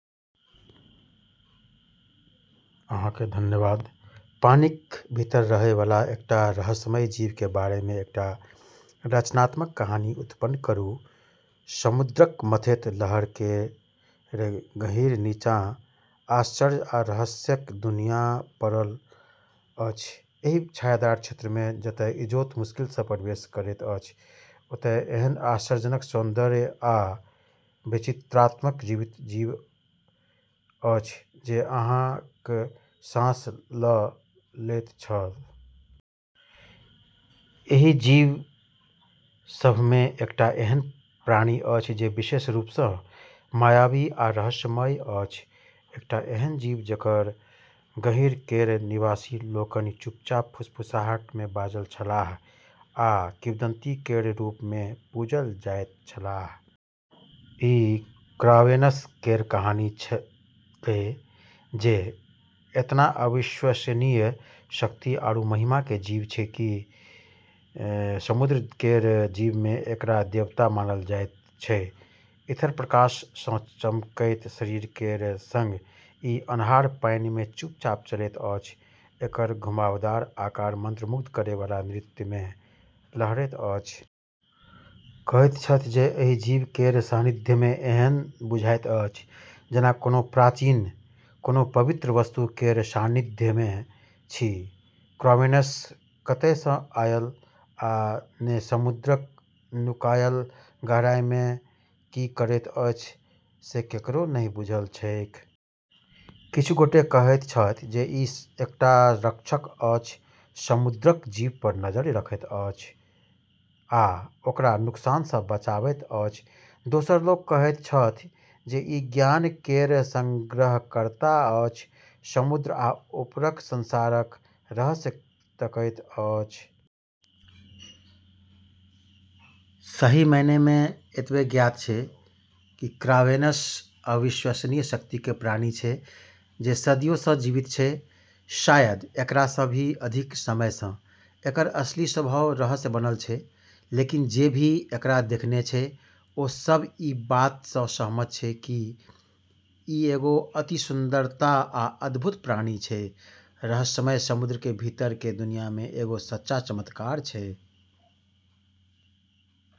अहाँ केँ धन्यवाद। पानिक भीतर रहय वाला एकटा रहस्यमयी जीव के बारे मे एकटा रचनात्मक कहानी उत्पन्न करू। समुद्रक मथैत लहर केर गहींर नीचाँ आश्चर्य आ रहस्यक दुनिया पड़ल अछि। एहि छायादार क्षेत्र मे जतय इजोत मुश्किल सँ प्रवेश करैत अछि, ओतय एहन आश्चर्यजनक सौन्दर्य आ विचित्रताक जीवित जीव अछि जे अहाँक साँस ल' लैत छल। एहि जीव सभ मे एकटा एहन प्राणी अछि जे विशेष रूप सँ मायावी आ रहस्यमयी अछि। एकटा एहन जीव जकर गहींर केर निवासी लोकनि चुपचाप फुसफुसाहट मे बाजल छलाह, आ किंवदंती केर रूप मे पूजल जाइत छलाह। ई क्रावेनस केर कहानी छेकै, जे एतना अविश्वसनीय शक्ति आरू महिमा के जीव छै कि समुद्र केर जीव मे एकरा देवता मानल जाइत छै। ईथर प्रकाश सँ चमकैत शरीर केर संग ई अन्हार पानि मे चुपचाप चलैत अछि, एकर घुमावदार आकार मंत्रमुग्ध करै बला नृत्य मे लहरैत अछि। कहैत छथि जे एहि जीव केर सान्निध्य मे एहन बुझाइत अछि जेना कोनो प्राचीन, कोनो पवित्र वस्तु केर सान्निध्य मे छी। क्रावेनस कतय सँ आयल, आ ने समुद्रक नुकायल गहराई मे की करैत अछि से ककरो नहि बुझल छैक। किछु गोटे कहैत छथि जे ई एकटा रक्षक अछि, समुद्रक जीव पर नजरि रखैत अछि आ ओकरा नुकसान सँ बचाबैत अछि। दोसर लोक कहैत छथि जे ई ज्ञान केर संग्रहकर्ता अछि, समुद्र आ ऊपरक संसारक रहस्य तकैत अछि। सही मायने मे एतबे ज्ञात छै कि क्रावेनस अविश्वसनीय शक्ति के प्राणी छै, जे सदियो सँ जीवित छै, शायद एकरा सँ भी अधिक समय सँ। एकर असली स्वभाव रहस्य बनल छै, लेकिन जे भी एकरा देखने छै, ओ सब ई बात सँ सहमत छै कि ई एगो अति सुंदरता आ अद्भुत प्राणी छै, रहस्यमय समुद्र के भीतर के दुनिया के एगो सच्चा चमत्कार छै।